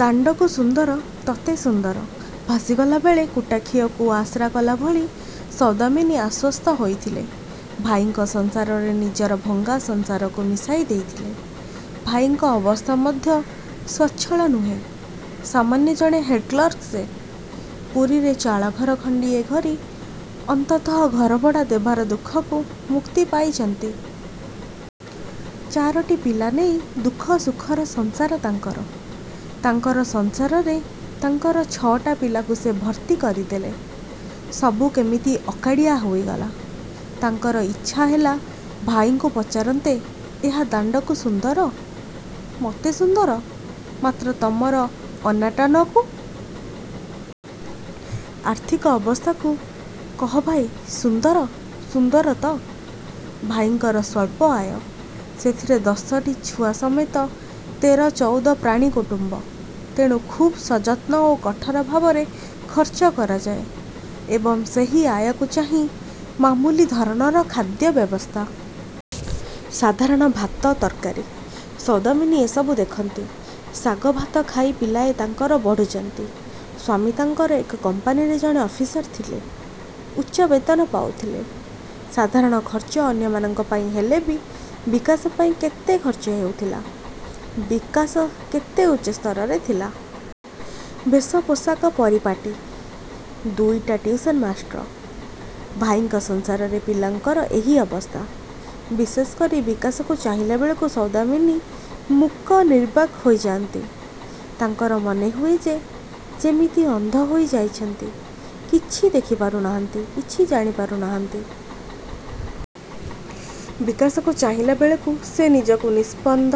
ଦାଣ୍ଡକୁ ସୁନ୍ଦର, ତତେ ସୁନ୍ଦର। ଭାସିଗଲା ବେଳେ କୁଟା ଖିଅଟିକୁ ଆଶ୍ରା କଲାଭଳି ସୌଦାମିନୀ ଆଶ୍ଵସ୍ତ ହୋଇଥିଲେ । ଭାଇଙ୍କ ସଂସାରରେ ନିଜର ଭଙ୍ଗା ସଂସାରକୁ ମିଶାଇ ଦେଇଥିଲେ। ଭାଇଙ୍କ ଅବସ୍ଥା ମଧ୍ୟ ସ୍ୱଚ୍ଛଳ ନୁହେଁ। ସାମାନ୍ୟ ଜଣେ ହେଡ଼କ୍ଲର୍କ ସେ। ପୁରୀରେ ଚାଳଘର ଖଣ୍ଡିଏ କରି ଅନ୍ତତଃ ଘରଭଡ଼ା ଦେବାର ଦୁଃଖକୁ ମୁକ୍ତି ପାଇଚନ୍ତି। ଚାରୋଟି ପିଲା ନେଇ ଦୁଃଖ, ସୁଖର ସଂସାର ତାଙ୍କର। ତାଙ୍କର ସଂସାରରେ, ତାଙ୍କର ଛ ଟା ପିଲାଙ୍କୁ ସେ ଭର୍ତ୍ତି କରିଦେଲେ। ସବୁ କେମିତି ଅକଡ଼ିଆ ହୋଇଗଲା। ତାଙ୍କର ଇଚ୍ଛା ହେଲା ଭାଇଙ୍କୁ ପଚାରନ୍ତେ ଏହା ଦାଣ୍ଡକୁ ସୁନ୍ଦର, ମତେ ସୁନ୍ଦର, ମାତ୍ର ତମର ଅନାଟନକୁ? ଆର୍ଥିକ ଅବସ୍ଥାକୁ, କହ ଭାଇ ସୁନ୍ଦର? ସୁନ୍ଦର ତ? ଭାଇଙ୍କର ସ୍ୱଳ୍ପ ଆୟ। ସେଥିରେ ଦଶଟି ଛୁଆ ସମେତ ତେର, ଚଉଦ ପ୍ରାଣୀ କୁଟୁମ୍ବ। ତେଣୁ ଖୁବ୍ ସଯତ୍ନ ଓ କଠୋର ଭାବରେ ଖର୍ଚ୍ଚ କରାଯାଏ ଏବଂ ସେହି ଆୟକୁ ଚାହିଁ ମାମୁଲି ଧରଣର ଖାଦ୍ୟ ବ୍ୟବସ୍ଥା। ସାଧାରଣ ଭାତ, ତରକାରୀ। ସୌଦାମିନୀ ଏସବୁ ଦେଖନ୍ତି। ଶାଗ, ଭାତ ଖାଇ ପିଲାଏ ତାଙ୍କର ବଢ଼ୁଚନ୍ତି। ସ୍ୱାମୀ ତାଙ୍କର ଏକ କମ୍ପାନୀରେ ଜଣେ ଅଫିସର ଥିଲେ। ଉଚ୍ଚ ବେତନ ପାଉଥିଲେ। ସାଧାରଣ ଖର୍ଚ୍ଚ ଅନ୍ୟମାନଙ୍କ ପାଇଁ ହେଲେ ବି ବିକାଶ ପାଇଁ କେତେ ଖର୍ଚ୍ଚ ହେଉଥିଲା, ବିକାଶ କେତେ ଉଚ୍ଚ ସ୍ତରରେ ଥିଲା। ବେଶ, ପୋଷାକ, ପରିପାଟୀ। ଦୁଇଟା ଟିଉସନ ମାଷ୍ଟର। ଭାଇଙ୍କ ସଂସାରରେ ପିଲାଙ୍କର ଏହି ଅବସ୍ଥା। ବିଶେଷ କରି ବିକାଶକୁ ଚାହିଁଲାବେଳକୁ ସୌଦାମିନୀ ମୂକ ନିର୍ବାକ୍ ହୋଇ ଯାଆନ୍ତି। ତାଙ୍କର ମନେହୁଏ ସେ ଯେମିତି ଅନ୍ଧ ହୋଇ ଯାଇଚନ୍ତି କିଛି ଦେଖି ପାରୁ ନାହାନ୍ତି, କିଛି ଜାଣିପାରୁ ନାହାନ୍ତି। ବିକାଶକୁ ଚାହିଁଲାବେଳକୁ ସେ ନିଜକୁ ନିସ୍ପନ୍ଦ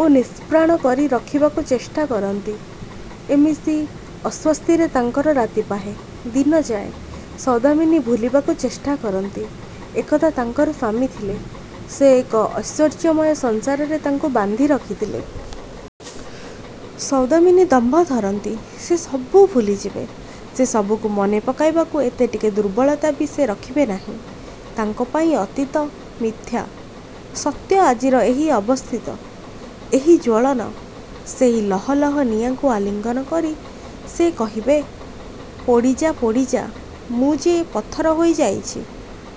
ଓ ନିଷ୍ପ୍ରାଣ କରି ରଖିବାକୁ ଚେଷ୍ଟା କରନ୍ତି। ଏମିତି ଅସ୍ଵସ୍ତିରେ ତାଙ୍କର ରାତି ପାହେ, ଦିନ ଯାଏ। ସୌଦାମିନୀ ଭୁଲି ବାକୁ ଚେଷ୍ଟା କରନ୍ତି ଏକଦା ତାଙ୍କର ସ୍ୱାମୀ ଥିଲେ। ସେ ଏକ ଐଶ୍ୱର୍ଯ୍ୟମୟ ସଂସାରରେ ତାଙ୍କୁ ବାନ୍ଧି ରଖିଥିଲେ। ସୌଦାମିନୀ ଦମ୍ଭ ଧରନ୍ତି ସେ ସବୁ ଭୁଲି ଯିବେ। ସେ ସବୁକୁ ମନେପକେଇବାକୁ ଏତେ ଟିକେ ଦୁର୍ବଳତା ବି ସେ ରଖିବେ ନାହିଁ। ତାଙ୍କ ପାଇଁ ଅତୀତ ମିଥ୍ୟା, ସତ୍ୟ ଆଜିର ଏହି ଅବସ୍ଥିତ, ଏହି ଜ୍ଵଳନ। ସେହି ଲହ ଲହ ନିଆଁକୁ ଆଲିଙ୍ଗନ କରି ସେ କହିବେ, ପୋଡ଼ି ଯା ପୋଡ଼ି ଯା, ମୁଁ ଯେ ପଥର ହୋଇ ଯାଇଚି,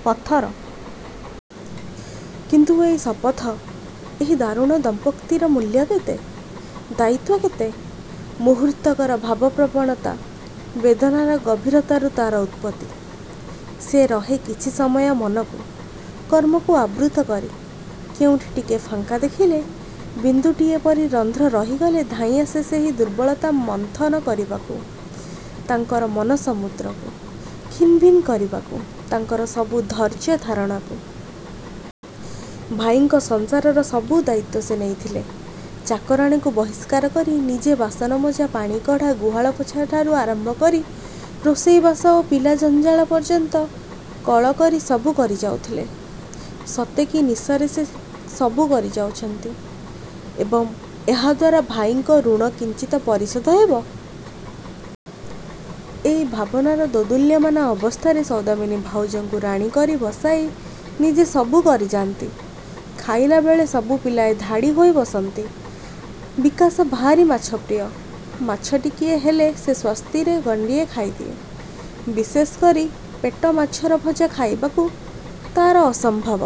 ପଥର । କିନ୍ତୁ ଏଇ ଶପଥ, ଏହି ଦାରୁଣ ଦମ୍ଭୋକ୍ତିର ମୂଲ୍ୟ କେତେ? ଦାୟିତ୍ୱ କେତେ? ମୁହୂର୍ତ୍ତକର ଭାବପ୍ରବଣତା, ବେଦନାର ଗହୀରତାରୁ ତାର ଉତ୍ପତ୍ତି। ସେ ରହେ କିଛି ସମୟ ମନକୁ, କର୍ମକୁ ଆବୃତ୍ତ କରି, କେଉଁଠି ଟିକେ ଫାଙ୍କ ଦେଖିଲେ ବିନ୍ଦୁଟିଏ ପରି ରନ୍ଧ୍ର ରହିଗଲେ ଧାଇଁଆସେ ସେହି ଦୁର୍ବଳତା ମନ୍ଥନ କରିବାକୁ ତାଙ୍କର ମନସମୁଦ୍ରକୁ ଖିନଭିନ୍ କରିବାକୁ, ତାଙ୍କର ସବୁ ଧୈର୍ଯ୍ୟ ଧାରଣାକୁ। ଭାଇଙ୍କ ସଂସାରର ସବୁ ଦାୟିତ୍ୱ ସେ ନେଇଥିଲେ। ଚାକରାଣୀକୁ ବହିଷ୍କାର କରି ନିଜେ ବାସନମଜା, ପାଣିକଢ଼ା, ଗୁହାଳ ପୋଛାଠାରୁ ଆରମ୍ଭ କରି ରୋଷେଇବାସ ଓ ପିଲା ଜଞ୍ଜାଳ ପର୍ଯ୍ୟନ୍ତ କଳ ପରି ସବୁ କରି ଯାଉଥିଲେ। ସତେ କି ନିଶାରେ ସେ ସବୁ କରିଯାଉଚନ୍ତି ଏବଂ ଏହାଦ୍ୱାରା ଭାଇଙ୍କ ଋଣ କିଞ୍ଚିତ ପରିଶୋଧ ହେବ। ଏଇ ଭାବନାର ଦୋଦୁଲ୍ୟମାନ ଅବସ୍ଥାରେ ସୌଦାମିନୀ ଭାଉଜଙ୍କୁ ରାଣୀ କରି ବସାଇ ନିଜେ ସବୁ କରିଯାନ୍ତି। ଖାଇଲାବେଳେ ସବୁ ପିଲାଏ ଧାଡ଼ି ହୋଇ ବସନ୍ତି। ବିକାଶ ଭାରି ମାଛପ୍ରିୟ, ମାଛ ଟିକିଏ ହେଲେ ସେ ସ୍ୱସ୍ତିରେ ଗଣ୍ଡିଏ ଖାଇଦିଏ। ବିଶେଷ କରି ପେଟ ମାଛର ଭଜା ଖାଇବାକୁ ତାର ଅସମ୍ଭବ